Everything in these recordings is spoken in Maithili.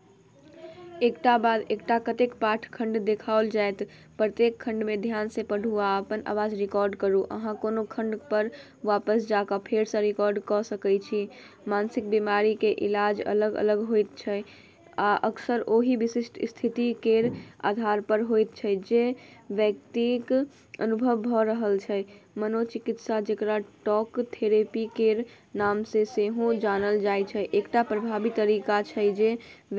मानसिक बीमारी केर इलाज अलग-अलग होइत छै आ अक्सर ओही विशिष्ट स्थिति केर आधारपर होइत छै जे व्यक्तिक अनुभव भऽ रहल छै। मनोचिकित्सा, जेकरा टॉक थेरेपी केर नामसँ सेहो जानल जाइत छै, एकटा प्रभावी तरीका छै जे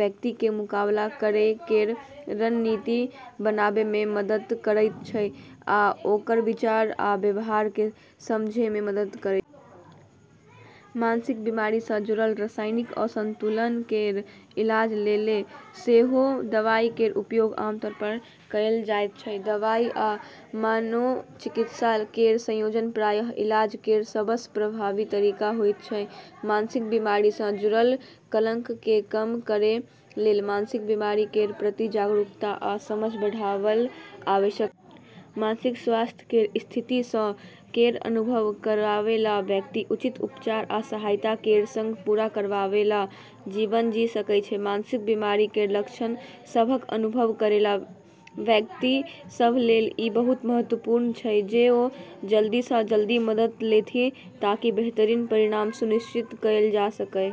व्यक्तिकेँ मुकाबला करै केर रणनीति बनाबैमे मदद करैत छै आ ओकर विचार आ व्यवहारकेँ समझैमे मदद करैत छै। मानसिक बीमारीसँ जुड़ल रासायनिक असंतुलन केर इलाज लेल सेहो दवाई केर उपयोग आमतौरपर कएल जाइत छै। दवाई आ मनोचिकित्सा केर संयोजन प्रायः इलाज केर सबसँ प्रभावी तरीका होइत छै। मानसिक बीमारीसँ जुड़ल कलंककेँ कम करै लेल मानसिक बीमारी केर प्रति जागरूकता आ समझ बढ़ाबब आवश्यक छै। मानसिक स्वास्थ्य केर स्थितिसभ केर अनुभव करैवाला व्यक्ति उचित उपचार आ सहायता केर संग पूरा करैवाला जीवन जी सकैत छै। मानसिक बीमारी केर लक्षण सभक अनुभव करैवाला व्यक्ति सभ लेल ई बहुत महत्वपूर्ण छै जे ओ जल्दीसँ जल्दी मदद लेथि ताकि बेहतरीन परिणाम सुनिश्चित कएल जा सकए।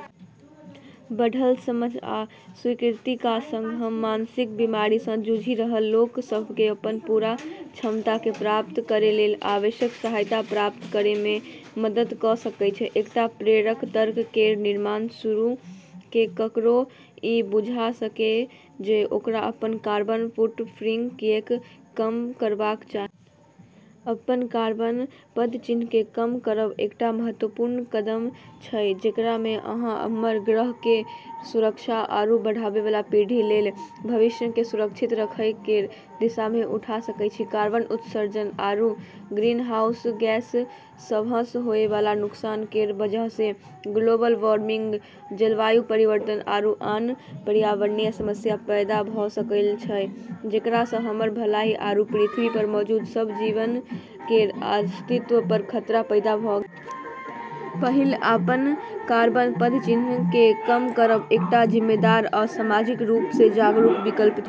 बढ़ल समझ आ स्वीकृतिका संग, हम मानसिक बीमारीसँ जूझि रहल लोक सभकेँ अपन पूरा क्षमताकेँ प्राप्त करै लेल आवश्यक सहायता प्राप्त करैमे मदद कऽ सकैत छी। एकटा प्रेरक तर्क केर निर्माण करू जे ककरो ई बुझा सकए जे ओकरा अपन कार्बन फुटप्रिंट किऐक कम करबाक चाही। अपन कार्बन पदचिह्नकेँ कम करब एकटा महत्वपूर्ण कदम छै जेकरामे अहाँ हमर ग्रह केर सुरक्षा आरू आबैवाला पीढ़ी लेल भविष्यकेँ सुरक्षित रखै केर दिशामे उठा सकैत छी। कार्बन उत्सर्जन आरू ग्रीनहाउस गैस सभसँ होएवाला नुकसान केर वजहसँ ग्लोबल वार्मिंग, जलवायु परिवर्तन आरू आन पर्यावरणीय समस्या पैदा भऽ गेल छै जेकरासँ हमर भलाई आरू पृथ्वीपर मौजूद सब जीवन केर अस्तित्वपर खतरा पैदा भऽ गेल छै। पहिल, अपन कार्बन पदचिह्नकेँ कम करब एकटा जिम्मेदार आ सामाजिक रूपसँ जागरूक विकल्प छै।